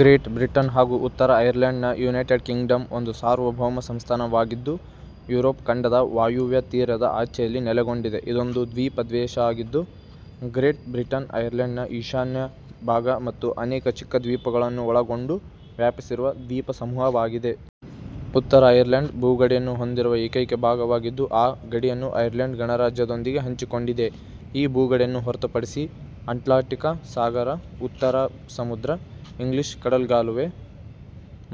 Great Britain ಹಾಗೂ ಉತ್ತರ ಐರ್ಲೆಂಡ್ನ ಯುನೈಟೆಡ್ ಕಿಂಗ್ಡಂ ಒಂದು ಸಾರ್ವಭೌಮ ಸಂಸ್ಥಾನ ವಾಗಿದ್ದು ಯುರೋಪ್ ಖಂಡದ ವಾಯುವ್ಯ ತೀರದ ಆಚೆಯಲ್ಲಿ ನೆಲೆಗೊಂಡಿದೆ. ಇದೊಂದು ದ್ವೀಪ ದೇಶ ವಾಗಿದ್ದು, ಗ್ರೇಟ್ ಬ್ರಿಟನ್, ಐರ್ಲೆಂಡ್ ನ ಈಶಾನ್ಯ ಭಾಗ ಮತ್ತು ಅನೇಕ ಚಿಕ್ಕ ದ್ವೀಪಗಳನ್ನು ಒಳಗೊಂಡು ವ್ಯಾಪಿಸಿರುವ ದ್ವೀಪಸಮೂಹ ವಾಗಿದೆ. ಉತ್ತರ ಐರ್ಲೆಂಡ್, ಭೂ ಗಡಿಯನ್ನು ಹೊಂದಿರುವ ಏಕೈಕ ಭಾಗವಾಗಿದ್ದು ಆ ಗಡಿಯನ್ನು ಐರ್ಲೆಂಡ್ ಗಣರಾಜ್ಯ ದೊಂದಿಗೆ ಹಂಚಿಕೊಂಡಿದೆ. ಈ ಭೂಗಡಿಯನ್ನು ಹೊರತುಪಡಿಸಿ ಅಟ್ಲಾಂಟಿಕ್ ಸಾಗರ, ಉತ್ತರ ಸಮುದ್ರ, ಇಂಗ್ಲಿಷ್ ಕಡಲ್ಗಾಲುವೆ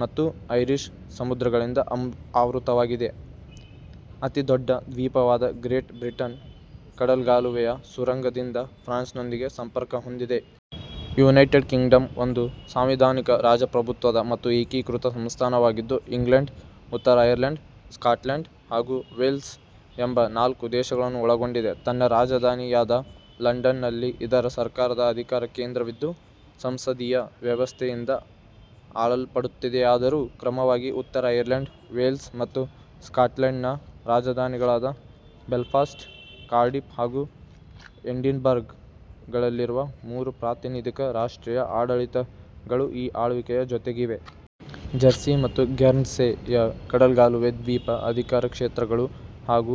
ಮತ್ತು ಐರಿಷ್ ಸಮುದ್ರ ಗಳಿಂದ ಆವೃತವಾಗಿದೆ. ಅತಿದೊಡ್ಡ ದ್ವೀಪವಾದ ಗ್ರೇಟ್ ಬ್ರಿಟನ್, ಕಡಲ್ಗಾಲುವೆಯ ಸುರಂಗ ದಿಂದ ಫ್ರಾನ್ಸ್ ನೊಂದಿಗೆ ಸಂಪರ್ಕ ಹೊಂದಿದೆ. ಯುನೈಟೆಡ್ ಕಿಂಗ್ಡಂ ಒಂದು ಸಾಂವಿಧಾನಿಕ ರಾಜಪ್ರಭುತ್ವ ದ ಮತ್ತು ಏಕೀಕೃತ ಸಂಸ್ಥಾನ ವಾಗಿದ್ದು, ಇಂಗ್ಲೆಂಡ್, ಉತ್ತರ ಐರ್ಲೆಂಡ್, ಸ್ಕಾಟ್ಲೆಂಡ್ ಹಾಗೂ ವೇಲ್ಸ್ ಎಂಬ ನಾಲ್ಕು ದೇಶಗಳನ್ನು ಒಳಗೊಂಡಿದೆ. ತನ್ನ ರಾಜಧಾನಿ ಯಾದ ಲಂಡನ್ ನಲ್ಲಿ ಇದರ ಸರ್ಕಾರದ ಅಧಿಕಾರ ಕೇಂದ್ರ ವಿದ್ದು ಸಂಸದೀಯ ವ್ಯವಸ್ಥೆ ಯಿಂದ ಆಳಲ್ಪಡುತ್ತಿದೆಯಾದರೂ, ಕ್ರಮವಾಗಿ ಉತ್ತರ ಐರ್ಲೆಂಡ್, ವೇಲ್ಸ್ ಮತ್ತು ಸ್ಕಾಟ್ಲೆಂಡ್ನ ರಾಜಧಾನಿಗಳಾದ ಬೆಲ್ಫಾಸ್ಟ್, ಕಾರ್ಡಿಫ್ ಹಾಗೂ ಎಡಿನ್ಬರ್ಗ್ ಗಳಲ್ಲಿರುವ ಮೂರು ಪ್ರಾತಿನಿಧಿಕ ರಾಷ್ಟ್ರೀಯ ಆಡಳಿತಗಳೂ ಈ ಆಳ್ವಿಕೆಯ ಜೊತೆಗಿವೆ. ಜೆರ್ಸಿ ಮತ್ತು ಗೆರ್ನ್ಸೆ ಯ ಕಡಲ್ಗಾಲುವೆ ದ್ವೀಪ ಅಧಿಕಾರ ಕ್ಷೇತ್ರ ಗಳು ಹಾಗೂ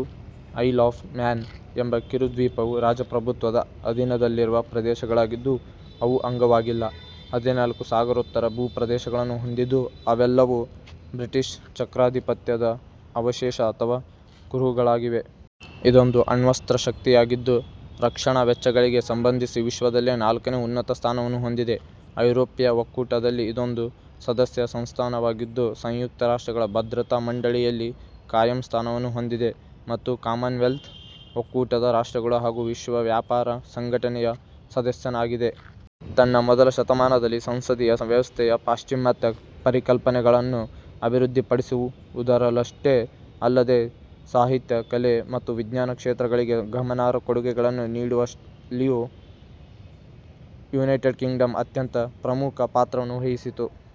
ಐಲ್ ಆಫ್ ಮ್ಯಾನ್ ಎಂಬ ಕಿರುದ್ವೀಪವು ರಾಜಪ್ರಭುತ್ವದ ಅಧೀನದಲ್ಲಿರುವ ಪ್ರದೇಶ ಗಳಾಗಿದ್ದು, ಅವು ಅಂಗವಾಗಿಲ್ಲ. ಹದಿನಾಲ್ಕು ಸಾಗರೋತ್ತರ ಭೂ ಪ್ರದೇಶ ಗಳನ್ನು ಹೊಂದಿದ್ದು ಅವೆಲ್ಲವೂ ಬ್ರಿಟಿಷ್ ಚಕ್ರಾಧಿಪತ್ಯ ದ ಅವಶೇಷ ಅಥವಾ ಕುರುಹುಗಳಾಗಿವೆ. ಇದೊಂದು ಅಣ್ವಸ್ತ್ರ ಶಕ್ತಿ ಯಾಗಿದ್ದು, ರಕ್ಷಣಾ ವೆಚ್ಚ ಗಳಿಗೆ ಸಂಬಂಧಿಸಿ ವಿಶ್ವದಲ್ಲೇ ನಾಲ್ಕನೇ ಉನ್ನತ ಸ್ಥಾನವನ್ನು ಹೊಂದಿದೆ. ಐರೋಪ್ಯ ಒಕ್ಕೂಟ ದಲ್ಲಿ ಇದೊಂದು ಸದಸ್ಯ ಸಂಸ್ಥಾನ ವಾಗಿದ್ದು, ಸಂಯುಕ್ತ ರಾಷ್ಟ್ರಗಳ ಭದ್ರತಾ ಮಂಡಳಿ ಯಲ್ಲಿ ಖಾಯಂ ಸ್ಥಾನವನ್ನು ಹೊಂದಿದೆ, ಮತ್ತು ಕಾಮನ್ವೆಲ್ತ್ ಒಕ್ಕೂಟದ ರಾಷ್ಟ್ರಗಳು, ಹಾಗೂ ವಿಶ್ವ ವ್ಯಾಪಾರ ಸಂಘಟನೆ ಯ ಸದಸ್ಯನಾಗಿದೆ. ತನ್ನ ಮೊದಲ ಶತಮಾನದಲ್ಲಿ, ಸಂಸದೀಯ ವ್ಯವಸ್ಥೆ ಯ ಪಾಶ್ಚಿಮಾತ್ಯ ಪರಿಕಲ್ಪನೆಗಳನ್ನು ಅಭಿವೃದ್ಧಿಪಡಿಸುವುದರಲ್ಲಷ್ಟೇ ಅಲ್ಲದೇ, ಸಾಹಿತ್ಯ, ಕಲೆ ಮತ್ತು ವಿಜ್ಞಾನ ಕ್ಷೇತ್ರಗಳಿಗೆ ಗಮನಾರ್ಹ ಕೊಡುಗೆಗಳನ್ನು ನೀಡುವಲ್ಲಿಯೂ ಯುನೈಟೆಡ್ ಕಿಂಗ್ಡಂ ಅತ್ಯಂತ ಪ್ರಮುಖ ಪಾತ್ರವನ್ನು ವಹಿಸಿತು.